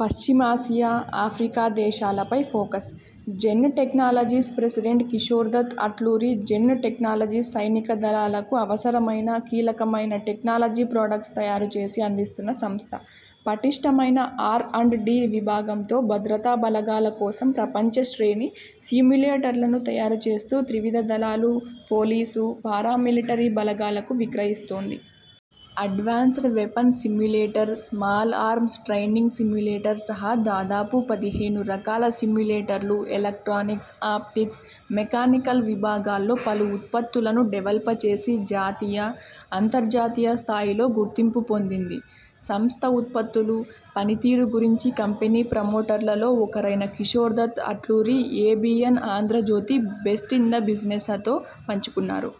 పశ్చిమాసియా, ఆఫ్రికా దేశాలపై focus. Zen technologies president Kishore Dutt Atluri Zen technologies సైనిక దళాలకు అవసరమైన కీలకమైన టెక్నాలజీ ప్రొడక్ట్స్ తయారు చేసి అందిస్తున్న సంస్థ. పటిష్ఠమైన ఆర్ అండ్ డి విభాగంతో భద్రతా బలగాల కోసం ప్రపంచ శ్రేణి సిమ్యులేటర్లను తయారు చేస్తూ త్రివిధ దళాలు, పోలీసు, పారామిలటరీ బలగాలకు విక్రయిస్తోంది. Advanced weapon simulator, small arms training simulator సహా దాదాపు పదిహేను రకాల సిమ్యులేటర్లు, ఎలకా్ట్రనిక్స్, ఆప్టిక్స్, మెకానికల్ విభాగాల్లో పలు ఉత్పత్తులను డెవల్ప చేసి జాతీయ, అంతర్జాతీయ స్థాయిలో గుర్తింపు పొందింది. సంస్థ ఉత్పత్తులు, పనితీరు గురించి కంపెనీ ప్రమోటర్లలో ఒకరైన Kishore Dutt Atluri 'ABN Andhra Jyothi best in the బిజినె్స'తో పంచుకున్నారు.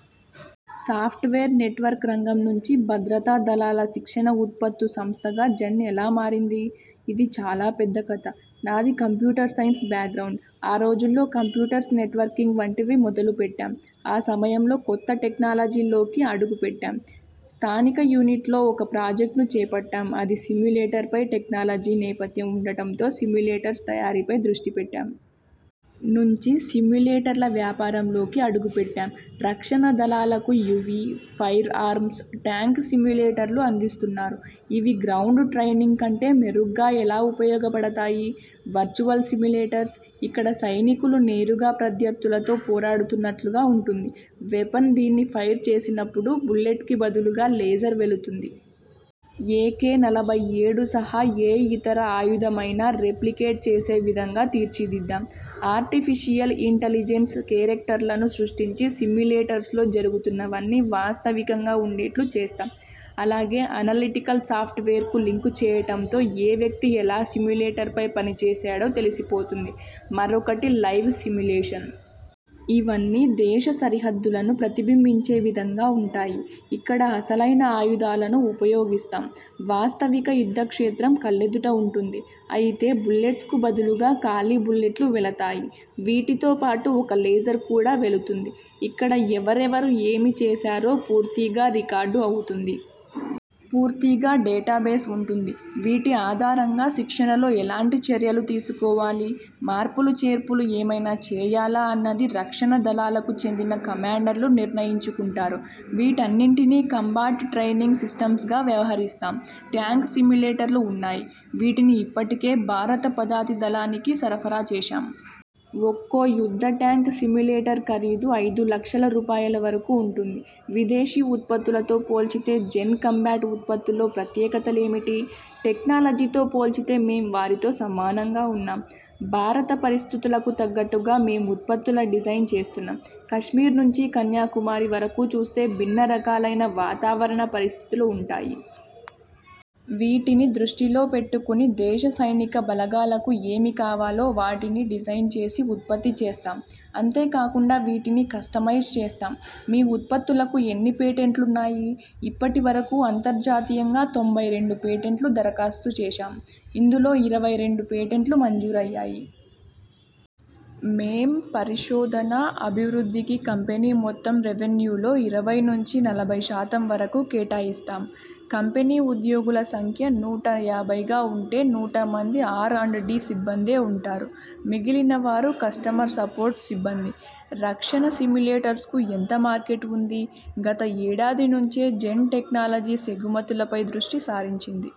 సాఫ్ట్వేర్ నెట్వర్క్ రంగం నుంచి భద్రతా దళాల శిక్షణ ఉత్పత్తు సంస్థగా జెన్ ఎలా మారింది? ఇది చాలా పెద్ద కథ. నాది కంప్యూటర్ సైన్స్ బ్యాక్గ్రౌండ్. ఆ రోజుల్లో కంప్యూటర్స్ నెట్వర్కింగ్ వంటివి మొదలుపెట్టాం. ఆ సమయంలో కొత్త టెక్నాలజీల్లోకి అడుగు పెట్టాం. స్థానిక యూనిట్లో ఒక ప్రాజెక్ట్ను చేపట్టాం అది సిమ్యులేటర్పై టెక్నాలజీ నేపథ్యం ఉండటంతో సిమ్యులేటర్స్ తయారీపై దృష్టిపెట్టాం. నుంచి సిమ్యులేటర్ల వ్యాపారంలోకి అడుగుపెట్టాం. రక్షణ దళాలకు యువి, ఫైర్ ఆర్మ్స్, ట్యాంక్ సిమ్యులేటర్లు అందిస్తున్నారు. ఇవి గ్రౌండ్ ట్రైనింగ్ కంటే మెరుగ్గా ఎలా ఉపయోగపడతాయి? వర్చువల్ సిమ్యులేటర్స్, ఇక్కడ సైనికులు నేరుగా ప్రత్యర్ధులతో పోరాడుతున్నట్లుగా ఉంటుంది. వెపన్ దీన్ని ఫైర్ చేసినప్పుడు బుల్లెట్కి బదులుగా లేజర్ వెళుతుంది. ఎకే నలభై ఏడు సహా ఏ ఇతర ఆయుధమైనా రెప్లికేట్ చేసే విధంగా తీర్చిదిద్దాం. ఆర్టిఫీషియల్ ఇంటలిజెన్స్ కేరక్టర్లను సృష్టించి సిమ్యులేటర్స్లో జరుగుతున్నవన్నీ వాస్తవికంగా ఉండేట్లు చేస్తాం. అలాగే అనలిటికల్ సాఫ్ట్వేర్కు లింక్ చేయటంతో ఏ వ్యక్తి ఎలా సిమ్యులేటర్పై పని చేశాడో తెలిసిపోతుంది. మరొకటి లైవ్ సిమ్యులేషన్. ఇవన్నీ దేశ సరిహద్దులను ప్రతిబింబించే విధంగా ఉంటాయి. ఇక్కడ అసలైన ఆయుధాలను ఉపయోగిస్తాం. వాస్తవిక యుద్దక్షేత్రం కళ్లెదుట ఉంటుంది. అయితే బుల్లెట్స్కు బదులుగా ఖాళీ బుల్లెట్లు వెళతాయి. వీటితో పాటు ఒక లేజర్ కూడా వెళుతుంది. ఇక్కడ ఎవరెవరు ఏమి చేసారో పూర్తిగా రికార్డు అవుతుంది. పూర్తిగా డేటా బేస్ ఉంటుంది. వీటి ఆధారంగా శిక్షణలో ఎలాంటి చర్యలు తీసుకోవాలి. మార్పులు చేర్పులు ఏమైనా చేయాలా అన్నది రక్షణ దళాలకు చెందిన కమాండర్లు నిర్ణయించుకుంటారు. వీటన్నింటిని కంబాట్ ట్రైనింగ్ సిస్టమ్స్గా వ్యవహరిస్తాం. ట్యాంక్ సిమ్యులేటర్లు ఉన్నాయి. వీటిని ఇప్పటికే భారత పదాతి దళానికి సరఫరా చేశాం. ఒక్కో యుద్ద ట్యాంక్ సిమ్యులేటర్ ఖరీదు ఐదు లక్షల రూపాయల వరకు ఉంటుంది. విదేశీ ఉత్పత్తులతో పోల్చితే జెన్ కంబాట్ ఉత్పత్తుల్లో ప్రత్యేకతలు లేమిటి? టెక్నాలజీతో పోల్చితే మేం వారితో సమానంగా ఉన్నాం. భారత పరిస్థితులకు తగ్గట్టుగా మేం ఉత్పత్తుల డిజైన్ చేస్తున్నాం. కశ్మీర్ నుంచి కన్యాకుమారి వరకు చూస్తే భిన్న రకాలైన వాతావరణ పరిస్థితులు ఉంటాయి. వీటిని దృష్టిలో పెట్టుకుని దేశ సైనిక బలగాలకు ఏమి కావాలో వాటిని డిజైన్ చేసి ఉత్పత్తి చేస్తాం. అంతే కాకుండా వీటిని కస్టమైజ్ చేస్తాం. మీ ఉత్పత్తులకు ఎన్ని పేటెంట్లున్నాయి? ఇప్పటి వరకు అంతర్జాతీయంగా తొంభై రెండు పేటెంట్లు దరఖాస్తు చేశాం. ఇందులో ఇరవై రెండు పేటెంట్లు మంజూరయ్యాయి. మేం పరిశోధన, అభివృద్ధి కి కంపెనీ మొత్తం రెవెన్యూలో ఇరవై నుంచి నలభై శాతం వరకు కేటాయిస్తాం. కంపెనీ ఉద్యోగుల సంఖ్య నూట యాభైగా ఉంటే నూట మంది ఆర్ అండ్ డి సిబ్బందే ఉంటారు. మిగిలిన వారు కస్టమర్ సపోర్ట్ సిబ్బంది. రక్షణ సిమ్యులేటర్స్కు ఎంత మార్కెట్ ఉంది? గత ఏడాది నుంచే జెన్ టెక్నాలజీస్ ఎగుమతుల పై దృష్టి సారించింది.